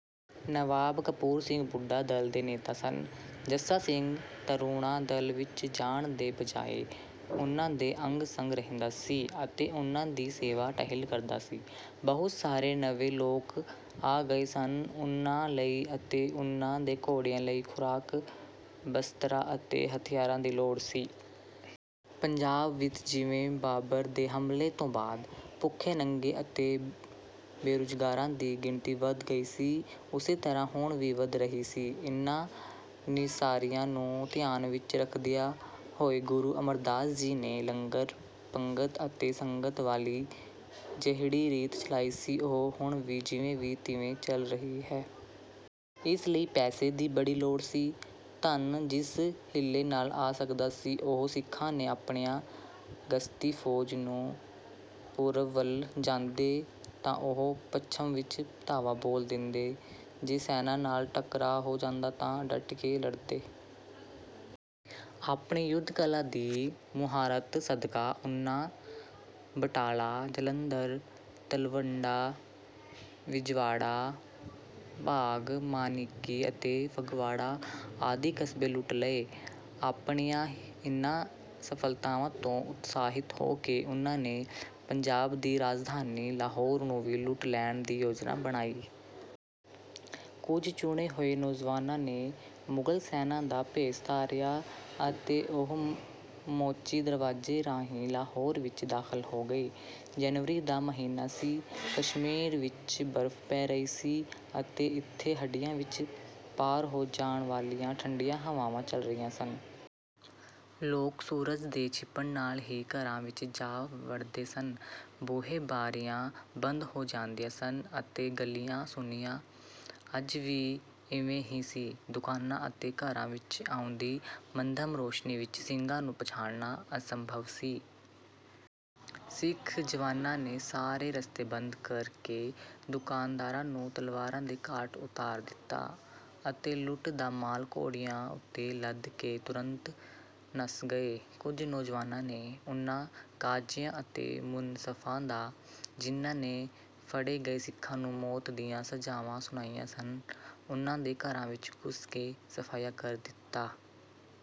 ਨਵਾਬ ਕਪੂਰ ਸਿੰਘ ਬੁੱਢਾ-ਦਲ ਦੇ ਨੇਤਾ ਸਨ। ਜੱਸਾ ਸਿੰਘ ਤਰੁਣਾ-ਦਲ ਵਿੱਚ ਜਾਣ ਦੇ ਬਜਾਏ ਉਹਨਾਂ ਦੇ ਅੰਗ-ਸੰਗ ਰਹਿੰਦਾ ਸੀ ਅਤੇ ਉਹਨਾਂ ਦੀ ਸੇਵਾ-ਟਹਿਲ ਕਰਦਾ ਸੀ। ਬਹੁਤ ਸਾਰੇ ਨਵੇਂ ਲੋਕ ਆ ਗਏ ਸਨ। ਉਹਨਾਂ ਲਈ ਅਤੇ ਉਹਨਾਂ ਦੇ ਘੋੜਿਆਂ ਲਈ ਖੁਰਾਕ, ਬਸਤਰਾਂ ਅਤੇ ਹਥਿਆਰਾਂ ਦੀ ਲੋੜ ਸੀ। ਪੰਜਾਬ ਵਿੱਚ ਜਿਵੇਂ ਬਾਬਰ ਦੇ ਹਮਲੇ ਤੋਂ ਬਾਅਦ ਭੁੱਖੇ-ਨੰਗੇ ਅਤੇ ਬੇਰੁਜ਼ਗਾਰਾਂ ਦੀ ਗਿਣਤੀ ਵਧ ਗਈ ਸੀ ਉਸੇ ਤਰ੍ਹਾਂ ਹੁਣ ਵੀ ਵਧ ਰਹੀ ਸੀ। ਇਹਨਾਂ ਨਿਆਸਰਿਆਂ ਨੂੰ ਧਿਆਨ ਵਿੱਚ ਰੱਖਦਿਆਂ ਹੋਏ ਗੁਰੂ ਅਮਰਦਾਸ ਜੀ ਨੇ ਲੰਗਰ, ਪੰਗਤ ਅਤੇ ਸੰਗਤ ਵਾਲੀ ਜਿਹੜੀ ਰੀਤ ਚਲਾਈ ਸੀ ਉਹ ਹੁਣ ਵੀ ਜਿਵੇਂ ਦੀ ਤਿਵੇਂ ਚੱਲ ਰਹੀ ਸੀ। ਇਸ ਲਈ ਪੈਸੇ ਦੀ ਬੜੀ ਲੋੜ ਸੀ। ਧਨ ਜਿਸ ਹੀਲੇ ਨਾਲ ਆ ਸਕਦਾ ਸੀ ਉਹੀ ਸਿੱਖਾਂ ਨੇ ਅਪਣਾਇਆ। ਗਸ਼ਤੀ ਫੌਜ ਪੂਰਬ ਵੱਲ ਜਾਂਦੀ ਤਾਂ ਉਹ ਪੱਛਮ ਵਿੱਚ ਧਾਵਾ ਬੋਲ ਦਿੰਦੇ। ਜੇ ਸੈਨਾਂ ਨਾਲ ਟਾਕਰਾ ਹੋ ਜਾਂਦਾ ਤਾਂ ਡਟ ਕੇ ਲੜਦੇ। ਆਪਣੀ ਯੁੱਧ-ਕਲਾ ਦੀ ਮੁਹਾਰਤ ਸਦਕਾ ਉਹਨਾਂ ਬਟਾਲਾ, ਜਲੰਧਰ, ਤਲਵਾੜਾ, ਬਿਜਵਾੜਾ, ਘਾਗ, ਮਾਨਿਕੀ ਅਤੇ ਫਗਵਾੜਾ ਆਦਿ ਕਸਬੇ ਲੁੱਟ ਲਏ। ਆਪਣੀਆਂ ਇਹਨਾਂ ਸਫਲਤਾਵਾਂ ਤੋਂ ਉਤਸਾਹਿਤ ਹੋ ਕੇ ਉਹਨਾਂ ਨੇ ਪੰਜਾਬ ਦੀ ਰਾਜਧਾਨੀ ਲਾਹੌਰ ਨੂੰ ਵੀ ਲੁੱਟ ਲੈਣ ਦੀ ਯੋਜਨਾ ਬਣਾਈ। ਕੁਝ ਚੁਣੇ ਹੋਏ ਨੌਜਵਾਨਾਂ ਨੇ ਮੁਗਲ ਸੈਨਾਂ ਦਾ ਭੇਸ ਧਾਰਿਆ ਅਤੇ ਉਹ ਮੋਚੀ ਦਰਵਾਜ਼ੇ ਰਾਹੀਂ ਲਾਹੌਰ ਵਿੱਚ ਦਾਖਲ ਹੋ ਗਏ। ਜਨਵਰੀ ਦਾ ਮਹੀਨਾ ਸੀ। ਕਸ਼ਮੀਰ ਵਿੱਚ ਬਰਫ ਪੈ ਰਹੀ ਸੀ ਅਤੇ ਇੱਥੇ ਹੱਡੀਆਂ ਵਿੱਚ ਪਾਰ ਹੋ ਜਾਣ ਵਾਲੀਆਂ ਠੰਡੀਆਂ ਹਵਾਵਾਂ ਚੱਲ ਰਹੀਆਂ ਸਨ। ਲੋਕ ਸੂਰਜ ਦੇ ਛਿਪਣ ਨਾਲ ਹੀ ਘਰਾਂ ਵਿੱਚ ਜਾ ਵੜਦੇ ਸਨ। ਬੂਹੇ-ਬਾਰੀਆਂ ਬੰਦ ਹੋ ਜਾਂਦੀਆਂ ਸਨ ਅਤੇ ਗਲੀਆਂ ਸੁੰਨੀਆਂ। ਅੱਜ ਵੀ ਇਵੇਂ ਹੀ ਸੀ। ਦੁਕਾਨਾਂ ਅਤੇ ਘਰਾਂ ਵਿੱਚ ਆਉਂਦੀ ਮੱਧਮ ਰੌਸ਼ਨੀ ਵਿੱਚ ਸਿੰਘਾਂ ਨੂੰ ਪਛਾਣਨਾ ਅਸੰਭਵ ਸੀ। ਸਿੱਖ ਜਵਾਨਾਂ ਨੇ ਸਾਰੇ ਰਸਤੇ ਬੰਦ ਕਰਕੇ ਦੁਕਾਨਦਾਰਾਂ ਨੂੰ ਤਲਵਾਰ ਦੇ ਘਾਟ ਉਤਾਰ ਦਿੱਤਾ ਅਤੇ ਲੁੱਟ ਦਾ ਮਾਲ ਘੋੜਿਆਂ ਉੱਤੇ ਲੱਦ ਕੇ ਤੁਰੰਤ ਨੱਸ ਆਏ। ਕੁਝ ਨੌਜਵਾਨਾਂ ਨੇ ਉਹਨਾਂ ਕਾਜੀਆਂ ਅਤੇ ਮੁਨਸਫਾਂ ਦਾ ਜਿਹਨਾਂ ਨੇ ਫੜੇ ਗਏ ਸਿੱਖਾਂ ਨੂੰ ਮੌਤ ਦੀਆਂ ਸਜ਼ਾਵਾਂ ਸੁਣਾਈਆਂ ਸਨ ਉਹਨਾਂ ਦੇ ਘਰਾਂ ਵਿੱਚ ਘੁਸ ਕੇ ਸਫਾਇਆ ਕਰ ਦਿੱਤਾ।